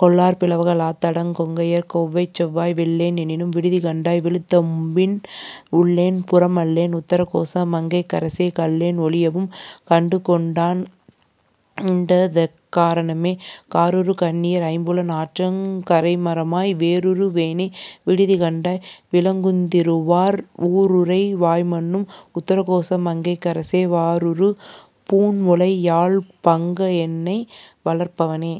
கொள்ளார் பிளவக லாத்தடங் கொங்கையர் கொவ்வைச்செவ்வாய் விள்ளேன் எனினும் விடுதிகண்டாய் விழுத்தொழுப்பின் உள்ளேன் புறமல்லேன் உத்தர கோசமங் கைக்கரசே கள்ளேன் ஒழியவும் கண்டுகொண்டாண்டதெக் காரணமே. காருறு கண்ணியர் ஐம்புலன் ஆற்றங் கரைமரமாய் வேருறு வேனை விடுதிகண்டாய் விளங்குந்திருவார் ஊருறை வாய்மன்னும் உத்தரகோசமங்கைக் கரசே வாருறு பூண்முலை யாள்பங்க என்னை வளர்ப்பவனே.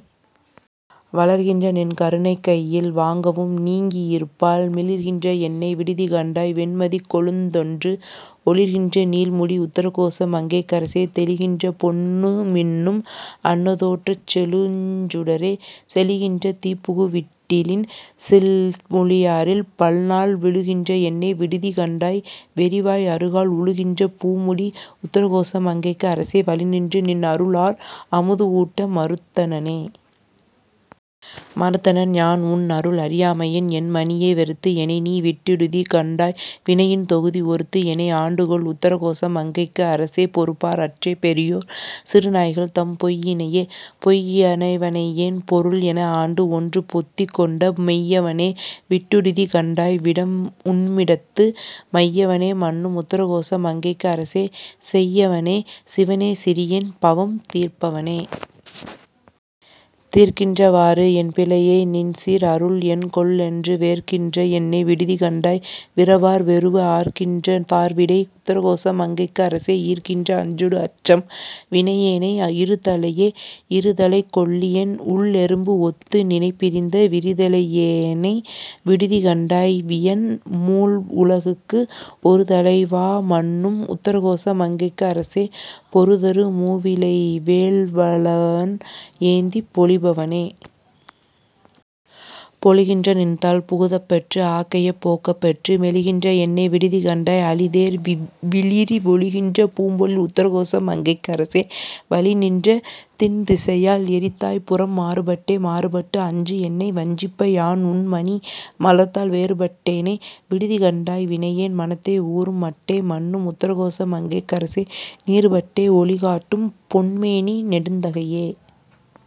வளர்கின்ற நின்கருணைக்கையில் வாங்கவும் நீங்கியிப்பால் மிளிர்கின்ற என்னை விடுதிகண்டாய் வெண்மதிக்கொழுந்தொன்று ஒளிர்கின்ற நீள்முடி உத்தரகோசமங்கைக்கரசே தெளிகின்ற பொன்னுமின் னும் அன்னதோற்றச் செழுஞ்சுடரே. செழிகின்ற தீப்புகு விட்டிலின் சில் மொழியாரில் பல்நாள் விழுகின்ற என்னை விடுதி கண்டாய் வெறி வாய் அறுகால் உழுகின்ற பூமுடி உத்தரகோசமங்கைக்கு அரசே வழிநின்று நின் அருள் ஆர் அமுது ஊட்ட மறுத்தனனே. மறுத்தனன் யான் உன் அருள் அறியாமையின் என் மணியே வெறுத்து எனை நீ விட்டிடுதி கண்டாய் வினையின் தொகுதி ஒறுத்து எனை ஆண்டுகொள் உத்தர கோச மங்கைக்கு அரசே பொறுப்பார் அற்றே பெரியோர் சிறுநாய்கள் தம் பொய்யினையே. பொய்யவனனைப் பொருள் என ஆண்டு ஒன்று பொத்திக் கொண்ட மெய்யவனே விட்டிடுதி கண்டாய் விடம் உண்மிடத்து மையவனே மன்னும் உத்தரகோச மங்கைக்கு அரசே செய்யவனே சிவனே சிறியேன் பவம் தீர்ப்பவனே. தீர்க்கின்றவாறு என் பிழையை நின்சீர் அருள் என்கொல்என்று வேர்க்கின்ற என்னை விடுதி கண்டாய் விரவார் வெருவ ஆர்க்கின்ற தார்விடை உத்தரகோச மங்கைக்கு அரசே ஈர்க்கின்ற அஞ்சொடு அச்சம் வினையேனை இருதலையே. இருதலைக்கொள்ளியன் உள்எறும்பு ஒத்து நினைப்பிரிந்த விரிதலையேனை விடுதி கண்டாய் வியன் மூவுலகுக்கு ஒருதலைவா மன்னும் உத்தரகோச மங்கைக்கு அரசே பொருதரு மூவிலைவேல் வலன் ஏந்திப் பொலிபவனே. பொலிகின்ற நின்தாள் புகுதப் பெற்று ஆக்கையைப் போக்கப் பெற்று மெலிகின்ற என்னை விடுதி கண்டாய் அளிதேர் விளிரி ஒலிகின்ற பூம்பொழில் உத்தரகோச மங்கைக்கு அரசே வலி நின்ற திண்திசையால் எரித்தாய் புரம் மாறுபட்டே. மாறுபட்டு அஞ்சு என்னை வஞ்சிப்ப யான்உன்மணி மலர்த்தாள் வேறுபட்டேனை விடுதி கண்டாய் வினையேன் மனத்தே ஊறும் மட்டே மன்னும் உத்தரகோச மங்கைக்கு அரசே நீறுபட்டே ஒளி காட்டும் பொன்மேனி நெடுந்தகையே.